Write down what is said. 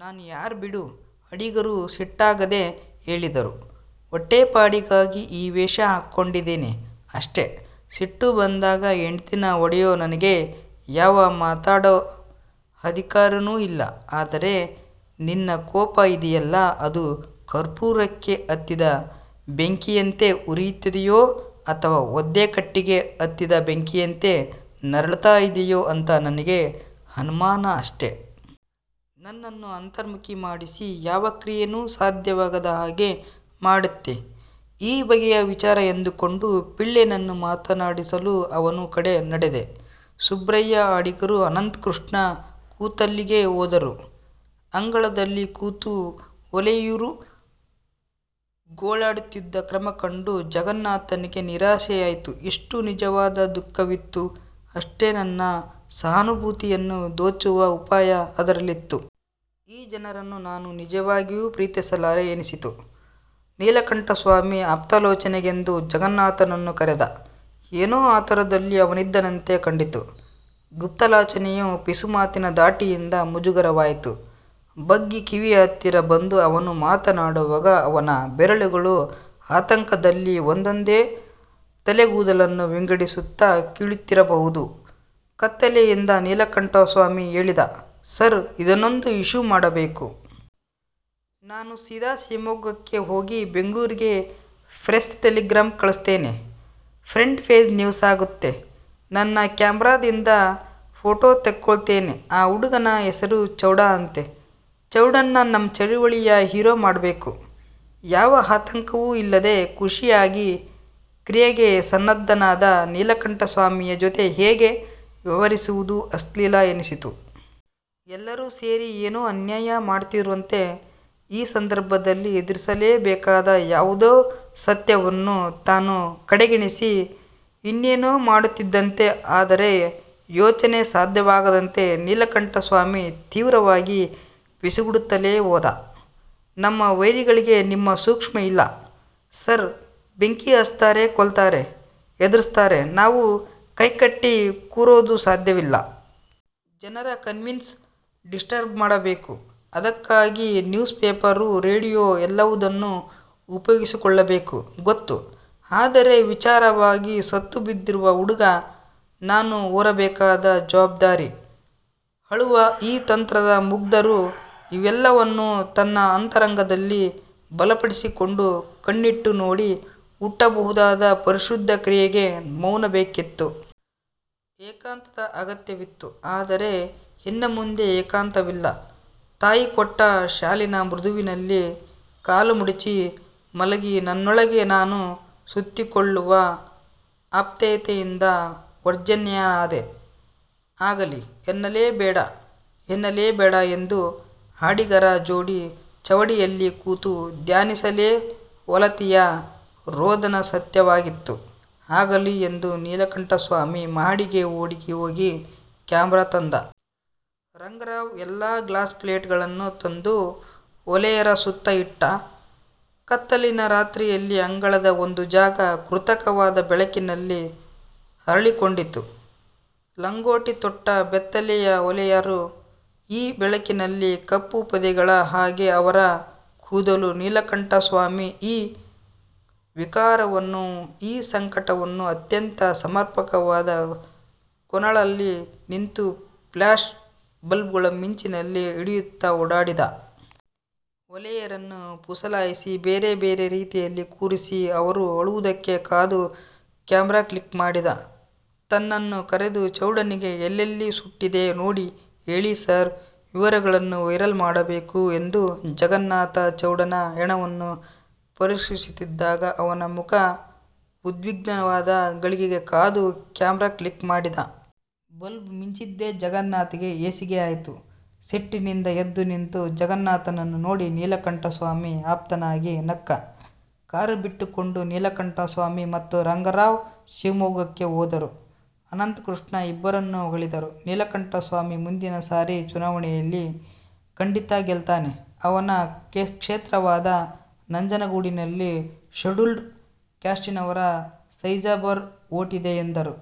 ನಾನು ಯಾರು ಬಿಡು' ಅಡಿಗರು ಸಿಟ್ಟಾಗದೆ ಹೇಳಿದರು: 'ಹೊಟ್ಟೆಪಾಡಿಗಾಗಿ ಈ ವೇಷ ಹಾಕ್ಕೊಂಡಿದೇನೆ-ಅಷ್ಟೇ. ಸಿಟ್ಟು ಬಂದಾಗ ಹೆಂಡ್ತೀನ ಹೊಡೆಯೋ ನನಗೆ ಯಾವ ಮಾತಾಡೋ ಅಧಿಕಾರನೂ ಇಲ್ಲ. ಆದರೆ ನಿನ್ನ ಕೋಪ ಇದೆಯಲ್ಲ ಅದು ಕರ್ಪೂರಕ್ಕೆ ಹತ್ತಿದ ಬೆಂಕಿಯಂತೆ ಉರೀತಿದೆಯೋ, ಅಥವಾ ಒದ್ದೆ ಕಟ್ಟಿಗೆಗೆ ಹತ್ತಿದ ಬೆಂಕಿಯಂತೆ ನರಳ್ತ ಇದೆಯೋ ಅಂತ ನನಗೆ ಅನುಮಾನ-ಅಷ್ಟೆ'. ನನ್ನನ್ನ ಅಂತರ್ಮುಖಿ ಮಾಡಿಸಿ ಯಾವ ಕ್ರಿಯೇನೂ ಸಾಧ್ಯವಾಗದ ಹಾಗೆ ಮಾಡತ್ತೆ ಈ ಬಗೆಯ ವಿಚಾರ ಎಂದುಕೊಂಡು ಪಿಳ್ಳನನ್ನು ಮಾತಾಡಿಸಲು ಅವನ ಕಡೆ ನಡೆದ. ಸುಬ್ರಾಯ ಅಡಿಗರು ಅನಂತಕೃಷ್ಣ ಕೂತಲ್ಲಿಗೆ ಹೋದರು. ಅಂಗಳದಲ್ಲಿ ಕೂತು ಹೊಲೆಯರು ಗೋಳಿಡುತ್ತಿದ್ದ ಕ್ರಮ ಕಂಡು ಜಗನ್ನಾಥನಿಗೆ ನಿರಾಸೆಯಾಯಿತು. ಎಷ್ಟು ನಿಜವಾದ ದುಃಖವಿತ್ತೊ ಅಷ್ಟೇ ತನ್ನ ಸಹಾನುಭೂತಿಯನ್ನು ದೋಚುವ ಉಪಾಯ ಅದರಲ್ಲಿತ್ತು. ಈ ಜನರನ್ನು ನಾನು ನಿಜವಾಗಿ ಪ್ರೀತಿಸಲಾರೆ-ಎನ್ನಿಸಿತು. ನೀಲಕಂಠಸ್ವಾಮಿ ಆಪ್ತಾಲೋಚನೆಗೆಂದು ಜಗನ್ನಾಥನನ್ನು ಕರೆದ. ಏನೋ ಆತುರದಲ್ಲಿ ಅವನಿದ್ದಂತೆ ಕಂಡಿತು. ಗುಪ್ತಾಲೋಚನೆಯ ಪಿಸುಮಾತಿನ ಧಾಟಿಯಿಂದ ಮುಜುಗರವಾಯಿತು. ಬಗ್ಗಿ ಕಿವಿಯ ಹತ್ತಿರ ಬಂದು ಅವನು ಮಾತಾಡುವಾಗ ಅವನ ಬೆರಳುಗಳು ಆತಂಕದಲ್ಲಿ ಒಂದೊಂದೇ ತಲೆಗೂದಲನ್ನು ವಿಂಗಡಿಸುತ್ತ ಕೀಳುತ್ತಿರಬಹುದು. ಕತ್ತಲೆಯಲ್ಲಿ ನೀಲಕಂಠಸ್ವಾಮಿ ಹೇಳಿದ: 'ಸಾರ್ ಇದನ್ನೊಂದು ಇಶ್ಯೂ ಮಾಡಬೇಕು. ನಾನು ಸೀದ ಶಿಮೊಗ್ಗಕ್ಕೆ ಹೋಗಿ ಬೆಂಗಳೂರಿಗೆ ಪ್ರೆಸ್ ಟೆಲಿಗ್ರಾಂ ಕಳಿಸ್ತೇನೆ. ಫ್ರಂಟ್ ಪೇಜ್ ನ್ಯೂಸಾಗತ್ತೆ. ನನ್ನ ಕ್ಯಾಮರಾದಿಂದ ಫೋಟೋ ತೆಕ್ಕೋತೇನೆ-ಆ ಹುಡುಗನ ಹೆಸರು ಚೌಡ ಅಂತೆ. ಚೌಡನ್ನ ನಮ್ಮ ಚಳುವಳಿಯ ಹೀರೋ ಮಾಡಬೇಕು'. ಯಾವ ಆತಂಕವೂ ಇಲ್ಲದೆ ಖುಷಿಯಾಗಿ ಕ್ರಿಯೆಗೆ ಸನ್ನದ್ಧನಾದ ನೀಲಕಂಠಸ್ವಾಮಿಯ ಜೊತೆ ಹೀಗೆ ವ್ಯವಹರಿಸುವುದು ಅಶ್ಲೀಲ ಎನ್ನಿಸಿತು. ಎಲ್ಲರೂ ಸೇರಿ ಏನೋ ಅನ್ಯಾಯ ಮಾಡುತ್ತಿರುವಂತೆ; ಈ ಸಂದರ್ಭದಲ್ಲಿ ಎದುರಿಸಲೇ ಬೇಕಾದ ಯಾವುದೋ ಸತ್ಯವನ್ನು ತಾನು ಕಡೆಗಣಿಸಿ ಇನ್ನೇನೋ ಮಾಡುತ್ತಿದ್ದಂತೆ. ಆದರೆ ಯೋಚನೆ ಸಾಧ್ಯವಾಗದಂತೆ ನೀಲಕಂಠಸ್ವಾಮಿ ತೀವ್ರವಾಗಿ ಪಿಸುಗುಡುತ್ತಲೇ ಹೋದ: 'ನಮ್ಮ ವೈರಿಗಳಿಗೆ ನಿಮ್ಮ ಸೂಕ್ಷ್ಮ ಇಲ್ಲ ಸಾರ್. ಬೆಂಕಿ ಹಚ್ತಾರೆ. ಕೊಲ್ತಾರೆ. ಹೆದರಿಸ್ತಾರೆ. ನಾವು ಕೈಕಟ್ಟಿ ಕೂರೋದು ಸಾಧ್ಯವಿಲ್ಲ. ಜನರ ಕಾನ್ಶನ್ಸ್ನ ಡಿಸ್ಟರ್ಬ್ಮಾಡ್ಬೇಕು. ಅದಕ್ಕಾಗಿ ನ್ಯೂಸ್ ಪೇಪರ್ರು, ರೇಡಿಯೋ ಎಲ್ಲವದನ್ನೂ ಉಪಯೋಗಿಸ್ಕೋಬೇಕು'. ಗೊತ್ತು. ಆದರೆ ವಿಕಾರವಾಗಿ ಸತ್ತು ಬಿದ್ದಿರುವ ಹುಡುಗ ನಾನು ಹೊರಬೇಕಾದ ಜವಾಬ್ದಾರಿ ಅಳುವ ಈ ಅತಂತ್ರ ಮುಗ್ಧರು? ಇವೆಲ್ಲವನ್ನೂ ತನ್ನ ಅಂತರಂಗದಲ್ಲಿ ಒಳಪಡಿಸಿಕೊಂಡು ಕಣ್ಣಿಟ್ಟು ನೋಡಿ ಹುಟ್ಟಬಹುದಾದ ಪರಿಶುದ್ಧ ಕ್ರಿಯೆಗೆ ಮೌನ ಬೇಕಿತ್ತು. ಏಕಾಂತದ ಅಗತ್ಯವಿತ್ತು. ಆದರೆ ಇನ್ನುಮುಂದೆ ಏಕಾಂತವಿಲ್ಲ. ತಾಯಿ ಕೊಟ್ಟ ಶಾಲಿನ ಮೃದುವಿನಲ್ಲಿ ಕಾಲುಮಡಚಿ ಮಲಗಿ ನನ್ನೊಳಗೇ ನಾನು ಸುತ್ತಿಕೊಳ್ಳುವ ಆಪ್ತತೆಯಿಂದ ವರ್ಜ್ಯನಾದೆ. ಆಗಲಿ ಎನ್ನಲೆ, ಬೇಡ ಎನ್ನಲೆ, ಬೇಡ ಎಂದು ಅಡಿಗರ ಜೋಡಿ ಚಾವಡಿಯಲ್ಲಿ ಕೂತು ಧ್ಯಾನಿಸಲೆ ಹೊಲತಿಯ ರೋದನ ಅಸಹ್ಯವಾಗಿತ್ತು. 'ಆಗಲಿ' ಎಂದ. ನೀಲಕಂಠಸ್ವಾಮಿ ಮಹಡಿಗೆ ಓಡಿಹೋಗಿ ಕ್ಯಾಮರಾ ತಂದ. ರಂಗರಾವ್ ಎಲ್ಲ ಗ್ಯಾಸ್ಲೈಟ್ಗಳನ್ನೂ ತಂದು ಹೊಲೆಯರ ಸುತ್ತ ಇಟ್ಟ. ಕತ್ತಲಿನ ರಾತ್ರೆಯಲ್ಲಿ ಅಂಗಳದ ಒಂದು ಜಾಗ ಕೃತಕವಾದ ಬೆಳಕಿನಲ್ಲಿ ಅರಳಿಕೊಂಡಿತು. ಲಂಗೋಟಿ ತೊಟ್ಟ ಬೆತ್ತಲೆ ಹೊಲೆಯರು ಈ ಬೆಳಕಿನಲ್ಲಿ. ಕಪ್ಪು ಪೊದೆಗಳ ಹಾಗೆ ಅವರ ಕೂದಲು. ನೀಲಕಂಠಸ್ವಾಮಿ ಈ ವಿಕಾರವನ್ನು, ಈ ಸಂಕಟವನ್ನು ಅತ್ಯಂತ ಸಮರ್ಪಕವಾದ ಕೋನಗಳಲ್ಲಿ ನಿಂತು ಫ್ಯ್ಲಾಶ್ ಬಲ್ಬುಗಳ ಮಿಂಚಿನಲ್ಲಿ ಹಿಡಿಯುತ್ತ ಓಡಾಡಿದ. ಹೊಲೆಯರನ್ನು ಪುಸಲಾಯಿಸಿ ಬೇರೆ ಬೇರೆ ರೀತಿಯಲ್ಲಿ ಕೂರಿಸಿ, ಅವರು ಅಳುವುದಕ್ಕೆ ಕಾದು ಕ್ಯಾಮರಾ ಕ್ಲಿಕ್ ಮಾಡಿದ. ತನ್ನನ್ನು ಕರೆದ. 'ಚೌಡನಿಗೆ ಎಲ್ಲೆಲ್ಲಿ ಸುಟ್ಟಿದೆ ನೋಡಿ ಹೇಳಿ ಸಾರ್. ವಿವರಗಳನ್ನು ವೈರ್ ಮಾಡಬೇಕು' ಎಂದ. ಜಗನ್ನಾಥ ಚೌಡನ ಹೆಣವನ್ನು ಪರೀಕ್ಷಿಸುತ್ತಿದ್ದಾಗ ಅವನ ಮುಖ ಉದ್ವಿಗ್ನವಾದ ಘಳಿಗೆಗೆ ಕಾದು ಕ್ಯಾಮರಾ ಕ್ಲಿಕ್ ಮಾಡಿದ. ಬಲ್ಬು ಮಿಂಚಿದ್ದೆ ಜಗನ್ನಾಥನಿಗೆ ಹೇಸಿಗೆಯಾಯಿತು. ಸಿಟ್ಟಿನಿಂದ ಎದ್ದು ನಿಂತ ಜಗನ್ನಾಥನನ್ನು ನೋಡಿ ನೀಲಕಂಠಸ್ವಾಮಿ ಆಪ್ತನಾಗಿ ನಕ್ಕ. ಕಾರು ಬಿಟ್ಟುಕೊಂಡು ನೀಲಕಂಠಸ್ವಾಮಿ ಮತ್ತು ರಂಗರಾವ್ ಶಿವಮೊಗ್ಗಕ್ಕೆ ಹೋದರು, ಅನಂತಕೃಷ್ಣ ಇಬ್ಬರನ್ನೂ ಹೊಗಳಿದರು: 'ನೀಲಕಂಠಸ್ವಾಮಿ ಮುಂದಿನ ಸಾರಿ ಚುನಾವಣೇಲಿ ಖಂಡಿತ ಗೆಲ್ತಾನೆ. ಅವನ ಕ್ಷೇತ್ರವಾದ ನಂಜನಗೂಡಿನಲ್ಲಿ ಷೆಡ್ಯೂಲ್ಡ್ ಕ್ಯಾಸ್ಟಿನವರ ಸೈಝಬಲ್ ಓಟಿದೆ' ಎಂದರು.